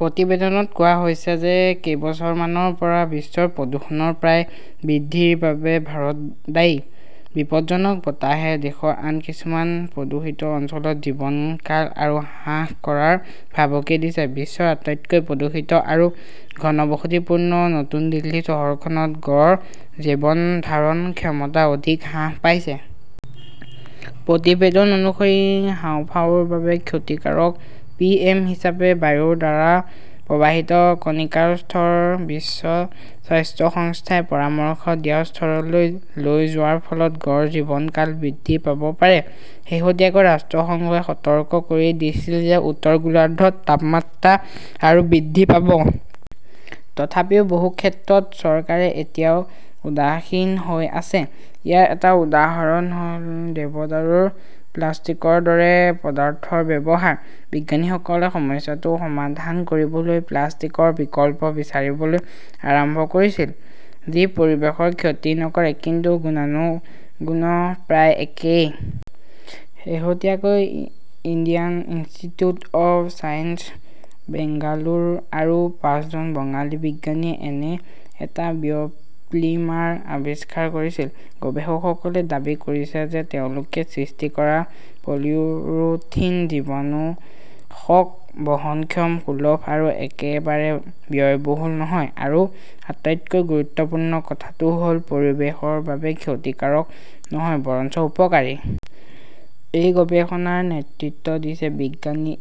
প্ৰতিবেদনত কোৱা হৈছে যে কেইবছৰমানৰ পৰা বিশ্বৰ প্ৰদূষণৰ প্ৰায় বৃদ্ধিৰ বাবে ভাৰত দায়ী। বিপদজনক বতাহে দেশৰ আন কিছুমান প্ৰদূষিত অঞ্চলত জীৱনকাল আৰু হ্ৰাস কৰাৰ ভাবুকি দিছে। বিশ্বৰ আটাইতকৈ প্ৰদূষিত আৰু ঘনবসতিপূৰ্ণ নতুন দিল্লী চহৰখনত গড় জীৱন ধাৰণ ক্ষমতা অধিক হ্ৰাস পাইছে। প্ৰতিবেদন অনুসৰি, হাঁওফাঁওৰ বাবে ক্ষতিকাৰক পি.এম. হিচাপে বায়ুৰ দ্বাৰা প্ৰবাহিত কণিকাৰ স্তৰ বিশ্ব স্বাস্থ্য সংস্থাই পৰামৰ্শ দিয়া স্তৰলৈ লৈ যোৱাৰ ফলত গড় জীৱনকাল বৃদ্ধি পাব পাৰে। শেহতীয়াকৈ ৰাষ্ট্ৰসংঘই সতৰ্ক কৰি দিছিল যে উত্তৰ গোলাৰ্ধত তাপমাত্ৰা আৰু বৃদ্ধি পাব। তথাপিও বহু ক্ষেত্ৰত চৰকাৰে এতিয়াও উদাসীন হৈ আছে। ইয়াৰ এটা উদাহৰণ হ'ল দেৱদাৰুৰ প্লাষ্টিকৰ দৰে পদাৰ্থৰ ব্যৱহাৰ। বিজ্ঞানীসকলে সমস্যাটো সমাধান কৰিবলৈ প্লাষ্টিকৰ বিকল্প বিচাৰিবলৈ আৰম্ভ কৰিছিল, যি পৰিৱেশৰ ক্ষতি নকৰে, কিন্তু গুণাগুণো প্ৰায় একেই। শেহতীয়াকৈ Indian Institute of Science, Bengaluru আৰু পাঁচজন বঙালী বিজ্ঞানীয়ে এনে এটা বায়োপ্লিমাৰ আৱিষ্কাৰ কৰিছিল। গৱেষকসকলে দাবী কৰিছে যে তেওঁলোকে সৃষ্টি কৰা পলিইউৰোথিন জীৱাণুনাশক, বহনক্ষম, সুলভ আৰু একেবাৰে ব্যয়বহুল নহয়। আৰু আটাইতকৈ গুৰুত্বপূৰ্ণ কথাটো হ'ল, পৰিৱেশৰ বাবে ক্ষতিকাৰক নহয়, বৰঞ্চ উপকাৰী। এই গৱেষণাৰ নেতৃত্ব দিছে বিজ্ঞানী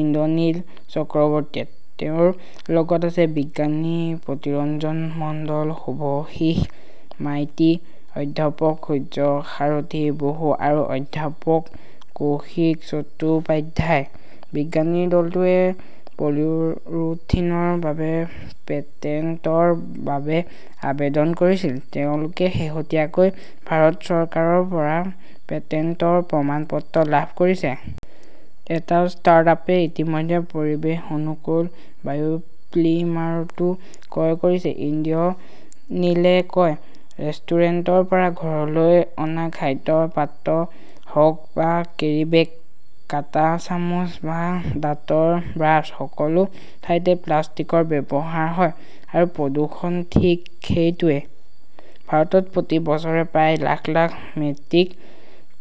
ইন্দ্ৰনীল চক্ৰৱৰ্তীয়ে। তেওঁৰ লগত আছে বিজ্ঞানী প্ৰীতৰঞ্জন মণ্ডল, শুভশীষ মাইতি, অধ্যাপক সূৰ্যসাৰথী বসু আৰু অধ্যাপক কৌশিক চট্টোপাধ্যায়। বিজ্ঞানীৰ দলটোৱে পলিউৰোথিনৰ বাবে পেটেণ্টৰ বাবে আবেদন কৰিছিল। তেওঁলোকে শেহতীয়াকৈ ভাৰত চৰকাৰৰ পৰা পেটেণ্টৰ প্ৰমাণপত্ৰ লাভ কৰিছে। এটা ষ্টাৰ্টআপে ইতিমধ্যে পৰিৱেশ-অনুকূল বায়োপ্লিমাৰটো ক্ৰয় কৰিছে, ইন্দ্ৰনীলে কয়। ৰেষ্টুৰেণ্টৰ পৰা ঘৰলৈ অনা খাদ্যৰ পাত্ৰ হওক বা কেৰীবেগ, কাঁটা চামুচ বা দাঁতৰ ব্ৰাছ, সকলো ঠাইতে প্লাষ্টিকৰ ব্যৱহাৰ হয়। আৰু প্ৰদূষণ ঠিক সেইটোৱেই। ভাৰতত প্ৰতি বছৰে প্ৰায় lakh lakh metric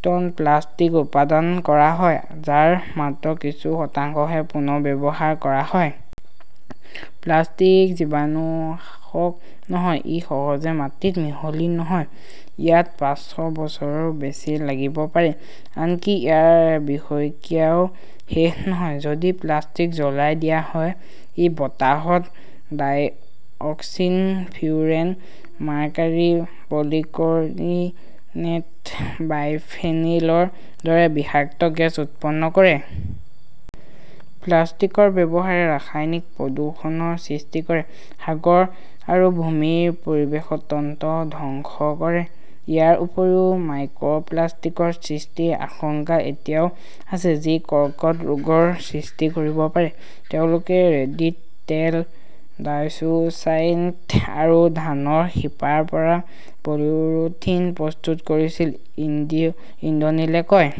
tonne plastic উৎপাদন কৰা হয়, যাৰ মাত্ৰ কিছু শতাংশহে পুনৰ্ব্যৱহাৰ কৰা হয়। প্লাষ্টিক জীৱাণুশক নহয়। ই সহজে মাটিত মিহলি নহয়, ইয়াত পাঁচশ বছৰৰো‌ বেছি লাগিব পাৰে। আনকি ইয়াৰ বিষক্ৰিয়াও শেষ নহয়। যদি প্লাষ্টিক জ্বলাই দিয়া হয়, ই বতাহত ডাইঅক্সিন, ফিউৰেন, মাৰ্কাৰী, পলিক্লৰিনেটেড বাইফেনিলৰ দৰে বিষাক্ত গেছ উৎপন্ন কৰে। প্লাষ্টিকৰ ব্যৱহাৰে ৰাসায়নিক প্ৰদূষণৰ সৃষ্টি কৰে, সাগৰ আৰু ভূমিৰ পৰিৱেশত তন্ত্ৰ ধ্বংস কৰে, ইয়াৰ উপৰিও মাইক্ৰপ্লাষ্টিকৰ সৃষ্টিৰ আশংকা এতিয়াও আছে, যি কৰ্কট ৰোগৰ সৃষ্টি কৰিব পাৰে। তেওঁলোকে ৰেড্ডী তেল, ডাইচোচাইনেট আৰু ধানৰ শিপাৰ পৰা পলিইউৰোথিন প্ৰস্তুত কৰিছিল, ইন্দ্ৰনীলে কয়।